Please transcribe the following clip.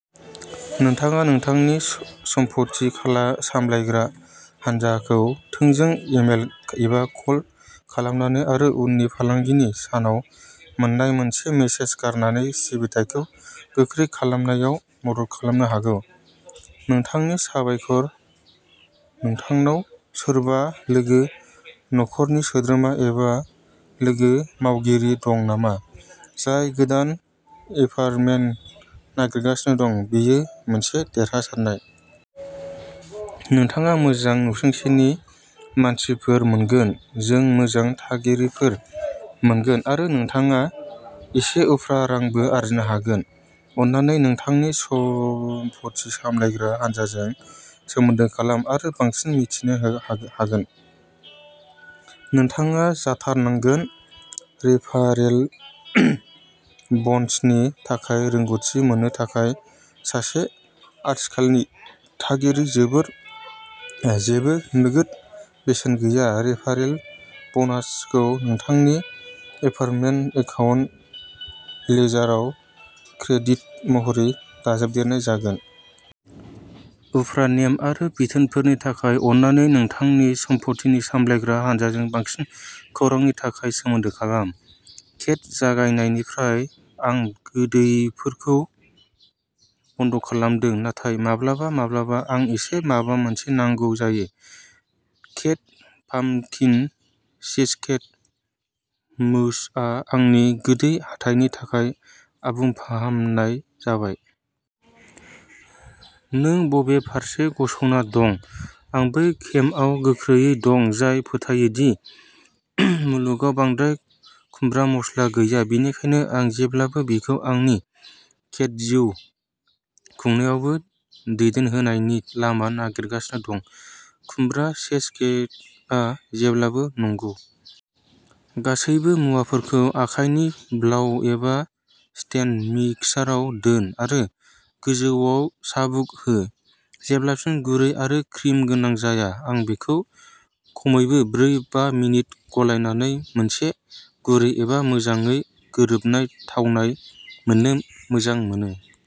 नोंथाङा नोंथांनि स सम्पथि खाला सामलायग्रा हान्जाखौ थोंजों इमेल एबा कल खालामनानै आरो उननि फालांगिनि सानाव मोन्नाय मोनसे मेसेज गारनानै सिबिथाइखौ गोख्रै खालामनायाव मदद खालामनो हागौ। नोंथांनो साबायखर! नोंथांनाव सोरबा लोगो, नखरनि सोद्रोमा, एबा लोगो मावगिरि दं नामा, जाय गोदान एपार्टमेन्ट नागिरगासिनो दं, बेयो मोनसे देरहासारनाय। नोंथाङा मोजां नसुंसेनि मानसिफोर मोनगोन, जों मोजां थागिरिफोर मोनगोन, आरो नोंथाङा एसे उफ्रा रांबो आर्जिनो हा हागोन! अन्नानै नोंथांनि सम्पथि सामलायग्रा हानजाजों सोमोन्दो खालाम आरो बांसिन मिथिनो हागोन। नोंथाङा जाथारनांगोन। रेफारेल ब'नसनि थाखाय रोंग'थि मोननो थाखाय सासे आथिखालनि थागिरि जेबो नोगोद बेसेन गैया, रेफारेल ब'नासखौ नोंथांनि एपार्टमेन्ट एकाउन्ट लेजाराव क्रेडिट महरै दाजाबदेरनाय जागोन। उफ्रा नेम आरो बिथोनफोरनि थाखाय, अन्नानै नोंथांनि सम्पथिनि सामलायग्रा हानजाजों बांसिन खौरांनि थाखाय सोमोन्दो खालाम। केट'जागायनायनिफ्राय आं गोदैफोरखौ बन्द'खालामदों, नाथाय माब्लाबा माब्लाबा आं इसे माबा मोनसे नांगौ जायो। केट'पाम्पकिन चीजकेक मूसआ आंनि गोदै हाथाइनि थाखाय आबुं फाहामनाय जाबाय। नों बबे फारसे गसंना दं? आं बै केम्पआव गोख्रोंयै दं जाय फोथायो दि मुलुगाव बांद्राय खुमब्रा मस्ला गैया, बेनिखायनो आं जेब्लाबो बेखौ आंनि केट'जिउ खुंनायावबो दोनहैनायनि लामा नागिरगासिनो दं। खुमब्रा चीजकेकआ जेब्लाबो नंगौ। गासैबो मुवाफोरखौ आखाइनि ब्लाव एबा स्टेन्ड मिक्साराव दोन आरो गोजौयाव चाबुक हो जेब्लासिम गुरै आरो क्रिम गोनां जाया, आं बेखौ खमैबो ब्रै, बा मिनिट गलायनानै मोनसे गुरै आरो मोजाङै गोरोबनाय थावनाय मोननो मोजां मोनो।